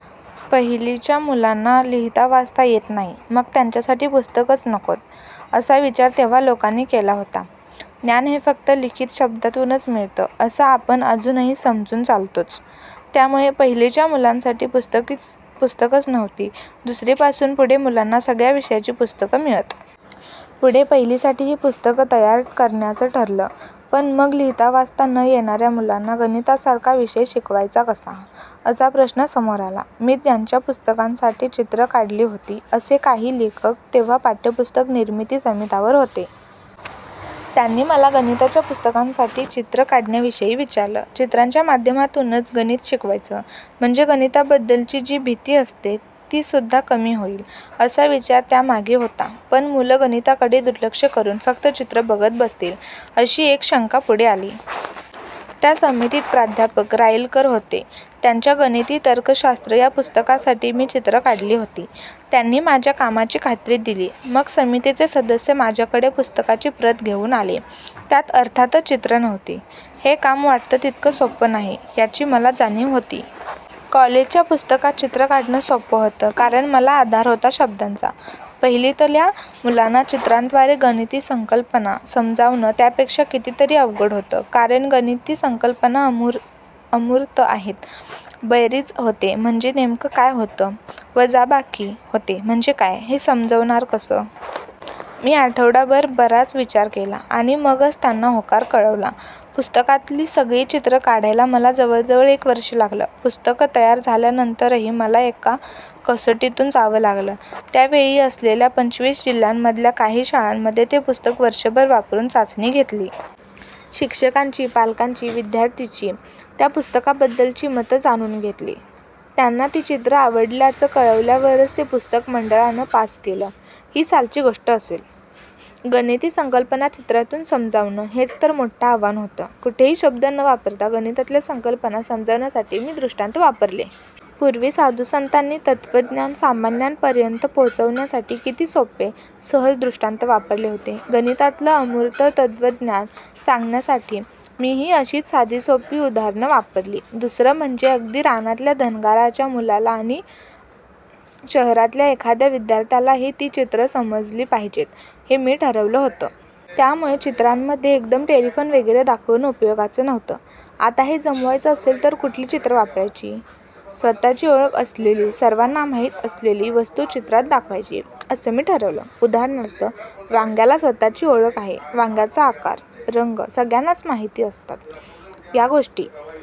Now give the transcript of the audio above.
पहिलीच्या मुलांना लिहितावाचता येत नाही, मग त्यांच्यासाठी पुस्तकंच नकोत, असा विचार तेव्हा लोकांनी केला होता. ज्ञान हे फक्त लिखित शब्दांतूनच मिळतं, असं आपण अजूनही समजून चालतोच. त्यामुळे पहिलीच्या मुलांसाठी पुस्तकंच नव्हती. दुसरीपासून पुढे मुलांना सगळ्या विषयांची पुस्तकं मिळत. पुढे पहिलीसाठीही पुस्तकं तयार करण्याचं ठरलं, पण मग लिहितावाचता न येणार्या मुलांना गणितासारखा विषय शिकवायचा कसा, असा प्रश्न समोर आला. मी ज्यांच्या पुस्तकांसाठी चित्रं काढली होती, असे काही लेखक तेव्हा पाठ्यपुस्तक निर्मिती समितीवर होते. त्यांनी मला गणिताच्या पुस्तकांसाठी चित्रं काढण्याविषयी विचारलं. चित्रांच्या माध्यमातूनच गणित शिकवायचं, म्हणजे गणिताबद्दलची जी भीती असते, तीसुद्धा कमी होईल, असा विचार त्या मागे होता. पण मुलं गणिताकडे दुर्लक्ष करून फक्त चित्रं बघत बसतील, अशी एक शंका पुढे आली. त्या समितीत प्रा. राईलकर होते. त्यांच्या 'गणिती तर्कशास्त्र' या पुस्तकासाठी मी चित्रं काढली होती. त्यांनी माझ्या कामाची खात्री दिली. मग समितीचे सदस्य माझ्याकडे पुस्तकाची प्रत घेऊन आले. त्यात अर्थातच चित्रं नव्हती. हे काम वाटतं तितकं सोपं नाही, याची मला जाणीव होती. कॉलेजच्या पुस्तकात चित्रं काढणं सोपं होतं, कारण मला आधार होता शब्दांचा. पहिलीतल्या मुलांना चित्रांद्वारे गणिती संकल्पना समजावणं त्यापेक्षा कितीतरी अवघड होतं. कारण गणिती संकल्पना अमूर्त आहेत. बेरीज होते म्हणजे नेमकं काय होतं, वजाबाकी होते म्हणजे काय, हे समजवणार कसं? मी आठवडाभर बराच विचार केला, आणि मगच त्यांना होकार कळवला. पुस्तकातली सगळी चित्रं काढायला मला जवळजवळ एक वर्षं लागलं. पुस्तक तयार झाल्यानंतरही मला एका कसोटीतून जावं लागलं. त्या वेळी असलेल्या पंचवीस जिल्ह्यांमधल्या काही शाळांमध्ये ते पुस्तक वर्षभर वापरून चाचणी घेतली. शिक्षकांची, पालकांची, विद्यार्थ्यांची त्या पुस्तकाबद्दलची मतं जाणून घेतली. त्यांना ती चित्रं आवडल्याचं कळल्यावरच ते पुस्तक मंडळानं पास केलं. ही सालची गोष्ट असेल. गणिती संकल्पना चित्रांतून समजावणं, हेच तर मोठं आव्हान होतं. कुठेही शब्द न वापरता गणितातल्या संकल्पना समजावण्यासाठी मी दृष्टांत वापरले. पूर्वी साधुसंतांनी तत्त्वज्ञान सामान्यांपर्यंत पोहोचवण्यासाठी किती सोपे, सहज दृष्टांत वापरले होते. गणितातलं अमूर्त तत्त्वज्ञान सांगण्यासाठी मीही अशीच साधीसोपी उदाहरणं वापरली. दुसरं म्हणजे अगदी रानातल्या धनगराच्या मुलाला आणि शहरातल्या एखाद्या विद्यार्थ्यालाही ती चित्रं समजली पाहिजेत, हे मी ठरवलं होतं. त्यामुळे चित्रांमध्ये एकदम टेलिफोन वगैरे दाखवून उपयोगाचं नव्हतं. आता हे जमवायचं असेल तर कुठली चित्रं वापरायची? स्वत:ची ओळख असलेली, सर्वांना माहीत असलेली वस्तू चित्रांत दाखवायची, असं मी ठरवलं. उदाहरणार्थ, वांग्याला स्वत:ची ओळख आहे. वांग्याचा आकार, रंग सगळ्यांनाच माहीत असतात. या गोष्टी